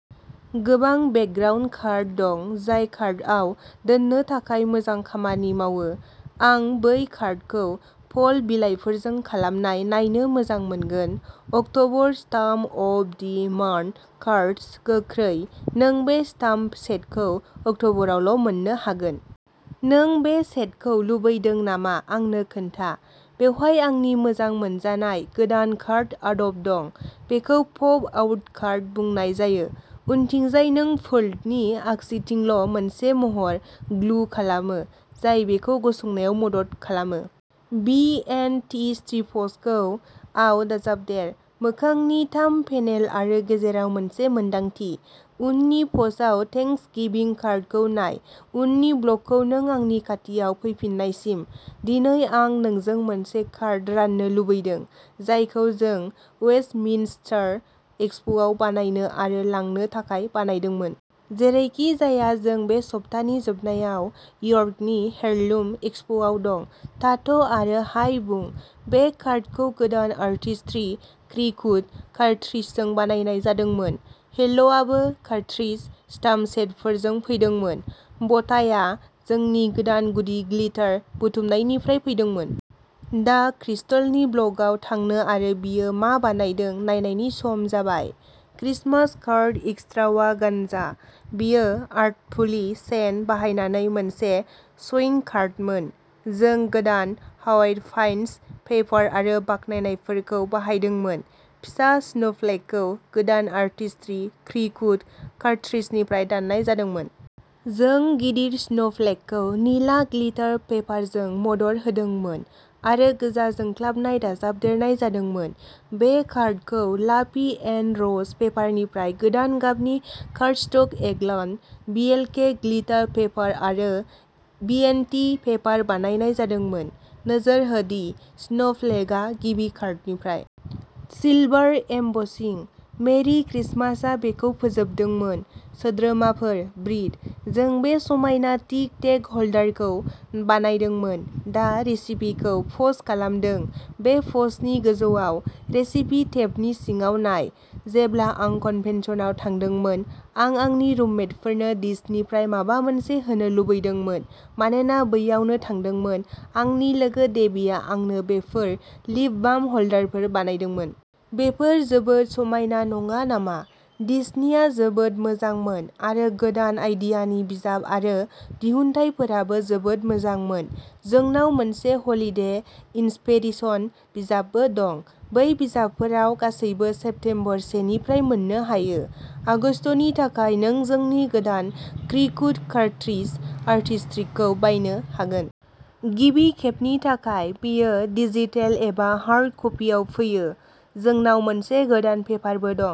गोबां background cut दं जाय कार्डआव दोननो थाखाय मोजां खामानि मावो। आं बै कार्डखौ फल बिलाइफोरजों खालामनाय नायनो मोजां मोनगोन। October stamp of the month cards. गोख्रै नों बे स्टाम्प सेटखौ अक्ट'बरावल' मोन्नो हागोन। नों बे सेटखौ लुबैदों नामा आंनो खोन्था। बेवहाय आंनि मोजां मोनजानाय गोदान कार्ड आदब दं। बेखौ पप आउट कार्ड बुंनाय जायो। उनथिंजाय नों फोल्डनि आगसिथिंल' मोनसे महर ग्लु खालामो, जाय बेखौ गसंनायाव मदद खालामो। बि एन्ड टी स्ट्रिप्सखौ आव दाजाबदेर। मोखांनि थाम पेनेल आरो गेजेराव मोनसे मोनदांथि। उननि पस्टआव थेंक्सगिविं कार्डखौ नाय। उननि ब्लगखौ नों आंनि खाथियाव फैफिन्नायसिम। दिनै आं नोंजों मोनसे कार्ड राननो लुबैदों जायखौ जों वेस्टमिन्स्टार एक्सपोआव बानायनो आरो लानो थाखाय बानायदोंमोन। जेरैखिजाया जों बे सप्तानि जोबनायाव यर्कनि हेरलुम एक्सपोआव दं। थाथ' आरो हाय बुं बे कार्डखौ गोदान आर्टिस्ट्रि क्रिकुट कार्ट्रिजजों बानायनाय जादोंमोन। हेल'आबो कार्ट्रिज स्टाम्प सेटफोरजों फैदोंमोन। ब'टाइआ जोंनि गोदान गुदि ग्लिटार बुथुमनायनिफ्राय फैदोंमोन। दा क्रिस्टलनि ब्लगआव थांनो आरो बियो मा बानायदों नायनायनि सम जाबाय। क्रिसमास कार्ड एक्स्ट्रावा गानजा। बेयो आर्टफुल्लि सेन्ट बाहायनानै मोनसे स्विंग कार्डमोन। जों गोदान व्हाइट पाइन्स पेपार आरो बाखनायनायफोरखौ बाहायदोंमोन। फिसा स्नोफ्लेकखौ गोदान आर्टिस्ट्रि क्रिकुट कार्ट्रिजनिफ्राय दाननाय जादोंमोन। जों गिदिर स्नोफ्लेकखौ निला ग्लिटार पेपारजों मदद होदोंमोन आरो गोजा जोंख्लाबनाय दाजाबदेरनाय जादोंमोन। बे कार्डखौ ला भि एन र'ज पेपारनिफ्राय गोदान गाबनि कार्डस्टक एगलान्ट, बिएलके ग्लिटार पेपार आरो बिएन्डटि पेपार बानायनाय जादोंमोन। नोजोर हो दि स्नोफ्लेकआ गिबि कार्डनिफ्राय। सिलभार एमबसिं, मेरि क्रिसमासआ बेखौ फोजोबदोंमोन। सोद्रोमाफोर, ब्रिट। जों बे समायना टिक टेक ह'ल्डारखौ बानायदोंमोन। दा रेसिपिखौ पस्ट खालामदों बे पस्टनि गोजौआव रेसिपि टेबनि सिङाव नाय। जेब्ला आं कन्भेन्सनआव थांदोंमोन, आं आंनि रुममेटफोरनो डिज्नीनिफ्राय माबा मोनसे होनो लुबैदोंमोन मानोना बैयावनो थादोंमोन, आंनि लोगो डेबीआ आंनो बेफोर लिप बाम ह'ल्डारफोर बानायदोंमोन। बेफोर जोबोद समायना नङा नामा? डिज्नीआ जोबोद मोजांमोन आरो गोदान आइडियानि बिजाब आरो दिहुनथायफोराबो जोबोद मोजांमोन। जोंनाव मोनसे हलिडे इन्सपिरेसन बिजाबबो दं। बै बिजाबफोराव गासैबो सेप्टेम्बर से निफ्राय मोननो हायो। आगस्तनि थाखाय नों जोंनि गोदान क्रिकुट कार्ट्रिज आर्टिस्ट्रीखौ बायनो हागोन। गिबि खेबनि थाखाय बेयो डिजिटेल एबा हार्ड कपिआव फैयो। जोंनाव मोनसे गोदान पेपारबो दं।